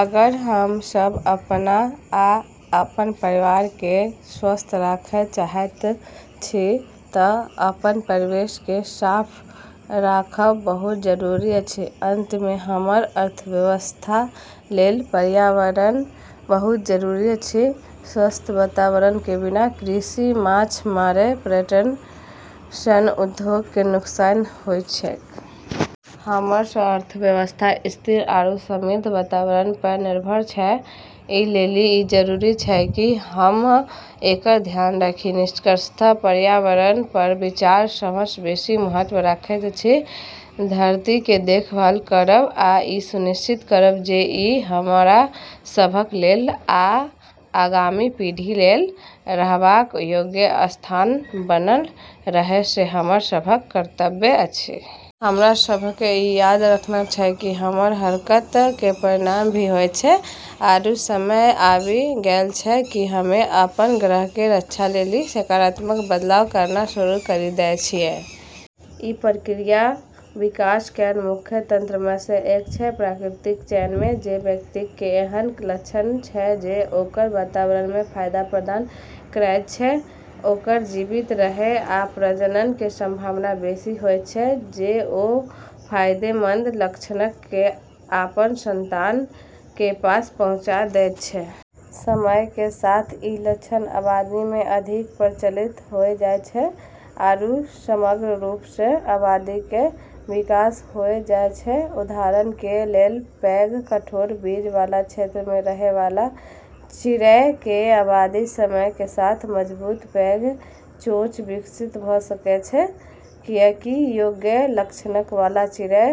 अगर हम सब अपना आ अपन परिवार के स्वस्थ राखय चाहैत छी त अपन परिवेश के साफ राखब बहुत जरूरी अछि। अंत मे, हमर अर्थव्यवस्था लेल पर्यावरण बहुत जरूरी अछि। स्वस्थ वातावरण के बिना कृषि, माछ मारय, पर्यटन सन उद्योग के नुकसान होइत छैक. हमरऽ अर्थव्यवस्था स्थिर आरू समृद्ध वातावरण प॑ निर्भर छै, ई लेली ई जरूरी छै कि हम्मं॑ एकरऽ ध्यान राखी। निष्कर्षतः पर्यावरण पर विचार सबसँ बेसी महत्व रखैत अछि। धरती के देखभाल करब आ ई सुनिश्चित करब जे ई हमरा सभक लेल आ आगामी पीढ़ी लेल रहबाक योग्य स्थान बनल रहय से हमर सभक कर्तव्य अछि। हमरा सब क॑ ई याद रखना छै कि हमरऽ हरकत के परिणाम भी होय छै, आरू समय आबी गेलऽ छै कि हम्में अपनऽ ग्रह के रक्षा लेली सकारात्मक बदलाव करना शुरू करी दै छियै। ई प्रक्रिया विकास केरऽ मुख्य तंत्रऽ म॑ स॑ एक छै। प्राकृतिक चयन मे, जे व्यक्तिक कें एहन लक्षण छै जे ओकर वातावरण मे फायदा प्रदान करएयत छै, ओकर जीवित रहएय आ प्रजनन कें संभावना बेसि होयत छै, जे ओ फायदेमंद लक्षणक कें अपन संतान कें पास पहुंचा दैत छै. समय के साथ ई लक्षण आबादी में अधिक प्रचलित होय जाय छै, आरू समग्र रूप स॑ आबादी के विकास होय जाय छै। उदाहरण कें लेल, पैघ, कठोर बीज वाला क्षेत्र मे रहय वाला चिड़ै कें आबादी समय कें साथ मजबूत, पैघ चोंच विकसित भ सकय छै, कियाकि ओय लक्षणक वाला चिड़ै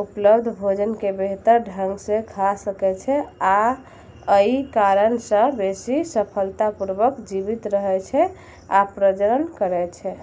उपलब्ध भोजन कें बेहतर ढंग सं खा सकय छै आ अइ कारण सं बेसि सफलतापूर्वक जीवित रहय छै आ प्रजनन करय छै.